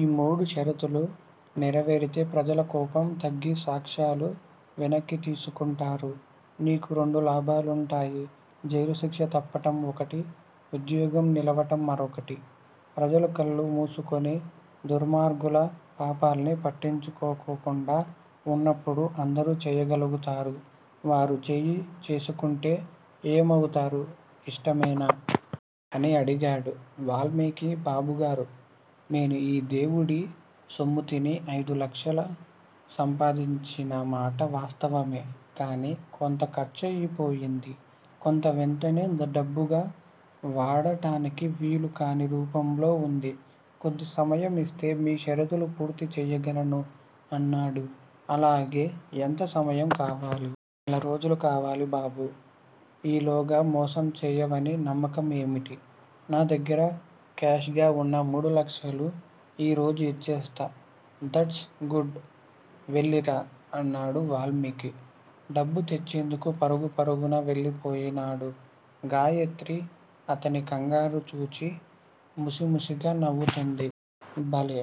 ఈ మూడు షరతులు నెరవేరితే ప్రజల కోపం తగ్గి సాక్ష్యాలు వెనక్కి తీసుకుంటారు. నీకు రెండు లాభాలుంటాయి. జైలుశిక్ష తప్పటం ఒకటి. ఉద్యోగం నిలవటం మరొకటి! ప్రజలు కళ్ళు మూసుకుని దుర్మార్గుల పాపాల్ని పట్టించుకోకుండా ఉన్నప్పుడు అందరూ చేయగలుగుతారు. వారు చేయి చేసుకుంటే ఏమవుతారు. ఇష్టమేనా? అని అడిగాడు వాల్మీకి. బాబుగారూ! నేను ఈ దేవుడి సొమ్ముతిని అయిదు లక్షలు సంపాదించిన మాట వాస్తవమే! కాని కొంత ఖర్చయిపోయింది. కొంత వెంటనే డబ్బుగా వాడటానికి వీలుకాని రూపంలో ఉంది. కొద్ది సమయం ఇస్తే మీ షరతులు పూర్తి చేయగలను అన్నాడు. అలాగే ఎంత సమయం కావాలి! నెలరోజులు కావాలి బాబూ! ఈలోగా మోసం చేయవని నమ్మకం ఏమిటి? నా దగ్గర కాష్ గా ఉన్న మూడు లక్షలు ఈరోజు ఇచ్చేస్తా! దట్స్ గుడ్ వెళ్ళిరా అన్నాడు వాల్మీకి. డబ్బు తెచ్చేందుకు పరుగు పరుగున వెళ్ళిపోయినాడు. గాయత్రి అతని కంగారు చూచి ముసిముసిగా నవ్వుతోంది. భలే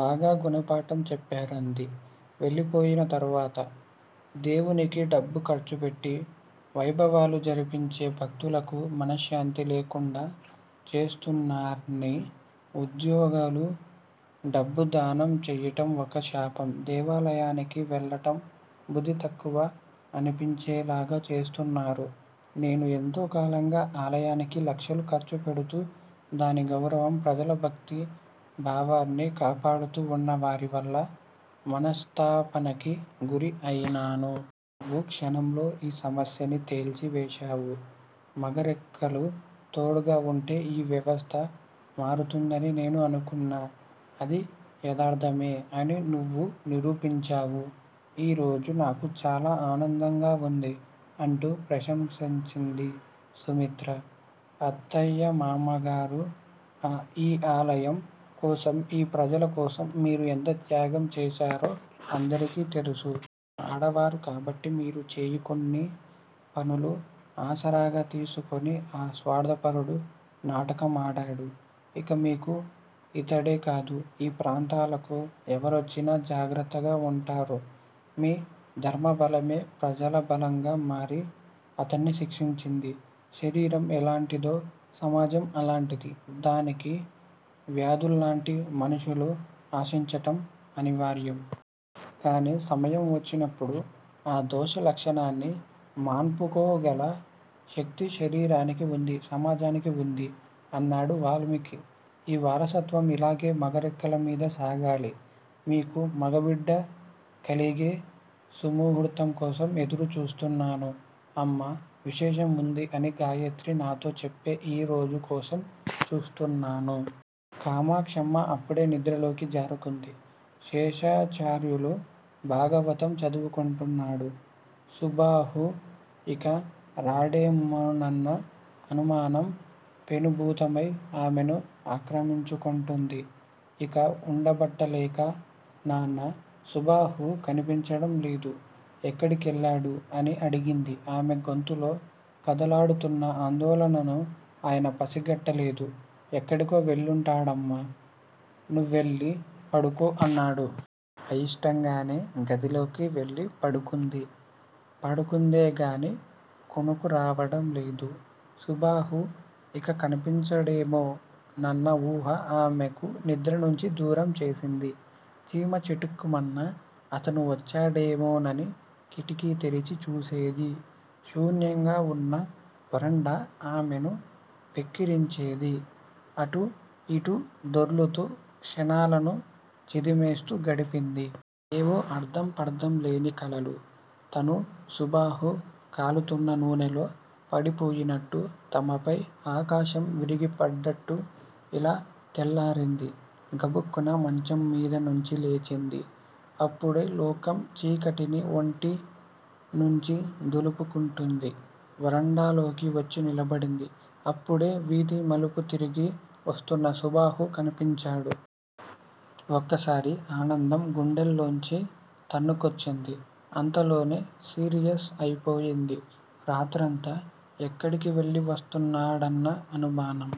బాగా గుణపాఠం చెప్పారు అంది వెళ్ళిపోయిన తరువాత! దేవునికి డబ్బు ఖర్చుపెట్టి వైభవాలు జరిపించే భక్తులకు మనశ్శాంతి లేకుండా చేస్తున్నారీ ఉద్యోగలు. డబ్బు దానం చేయటం ఒక శాపం దేవాలయానికి వెళ్ళటం బుద్ధి తక్కువ అనిపించేలాగా చేస్తున్నారు! నేను ఎంతో కాలంగా ఆలయానికి లక్షలు ఖర్చు పెడుతూ దాని గౌరవం ప్రజలభక్తి భావాన్ని కాపాడుతూ ఉన్నవారి వల్ల మనస్తాపనకి గురి అయినాను. నువ్వు క్షణంలో ఈ సమస్యని తేల్చి వేశావు. మగ రెక్కలు తోడుగా ఉంటే ఈ వ్యవస్థ మారుతుందని నేను అనుకున్నా అది యదార్ధమే అని నువ్వు నిరూపించావు. ఈ రోజు నాకు చాల ఆనందంగా ఉంది అంటూ ప్రశంసించింది సుమిత్ర. అత్తయ్యా మామ్మగారూ! ఈ ఆలయం కోసం ఈ ప్రజల కోసం మీరు ఎంత త్యాగం చేశారో అందరికి తెలుసు! ఆడవారు కాబట్టి మీరు చేయు కొన్ని పనులు ఆసరాగా తీసుకుని అ స్వార్ధపరుడు నాటకం ఆడాడు! ఇక మీకు ఇతడేకాదు. ఈ ప్రాంతాలకు ఎవరొచ్చినా జాగ్రత్తగా ఉంటారు. మీ ధర్మబలమే ప్రజల బలంగా మారి అతన్ని శిక్షించింది. శరీరం ఎలాంటిదో సమాజం అలాంటిది. దానికి వ్యాధుల్లాంటి మనుషులు ఆశించటం అనివార్యం! కాని సమయం వచ్చినప్పుడు ఆ దోష లక్షణాన్ని మాన్పుకోగల శక్తి శరీరానికీ ఉంది. సమాజానికీ ఉంది! అన్నాడు వాల్మీకి. ఈ వారసత్వం ఇలాగే మగ రెక్కలమీద సాగాలి! మీకు మగబిడ్డకలిగే సుముహూర్తం కోసం ఎదురు చూస్తున్నాను. అమ్మా విశేషం ఉంది అని గాయత్రి నాతో చెప్పే ఈరోజు కోసం చూస్తున్నాను. కామాక్షమ్మ అప్పుడే నిద్రలోకి జారుకుంది. శేషాచార్యులు భాగవతం చదువుకుంటున్నాడు. సుబాహు ఇక రాడేమోనన్న అనుమానం పెనుభూతమై ఆమెను ఆక్రమించుకుంటోంది. ఇక వుండబట్టలేక నాన్నా! సుబాహు కనిపించడం లేదు. ఎక్కడికెళ్ళాడు? అని అడిగింది. ఆమె గొంతులో కదలాడుతున్న ఆందోళనను ఆయన పసిగట్టలేదు. ఎక్కడికో వెళ్ళుంటాడమ్మా. నువ్వెళ్ళి పడుకో అన్నాడు. అయిష్టంగానే గదిలోకి వెళ్ళిపడుకుంది. పడుకుందేగాని కునుకు రావడం లేదు. సుబాహు ఇక కనిపించడేమో నన్న ఊహ ఆమెకు నిద్ర నుంచి దూరం చేసింది. చీమ చిటుక్కుమన్నా అతను వచ్చేడేమోనని కిటికీ తెరిచి చూసేది. శూన్యంగా వున్న వరండా ఆమెను వెక్కిరించేది. అటూ, ఇటూ దొర్లుతూ క్షణాలను చిదిమేస్తూ గడిపింది. ఏవో అర్థం పర్థం లేని కలలు తనూ, సుబాహు కాలుతున్న నూనెలో పడిపోయినట్టు తమపై ఆకాశం విరిగిపడ్డట్టూ ఇలా తెల్లారింది. గబుక్కున మంచం మీద నుంచి లేచింది. అప్పుడే లోకం చీకటిని ఒంటి నుంచి దులుపుకుంటోంది. వరండాలోకి వచ్చి నిలబడింది. అప్పుడే వీధి మలుపు తిరిగి వస్తున్న సుబాహు కనిపించాడు. ఒక్కసారి ఆనందం గుండెలోంచి తన్నుకొచ్చింది. అంతలోనే సీరియస్ అయిపోయింది. రాత్రంతా ఎక్కడికి వెళ్ళివస్తున్నాడన్న అనుమానం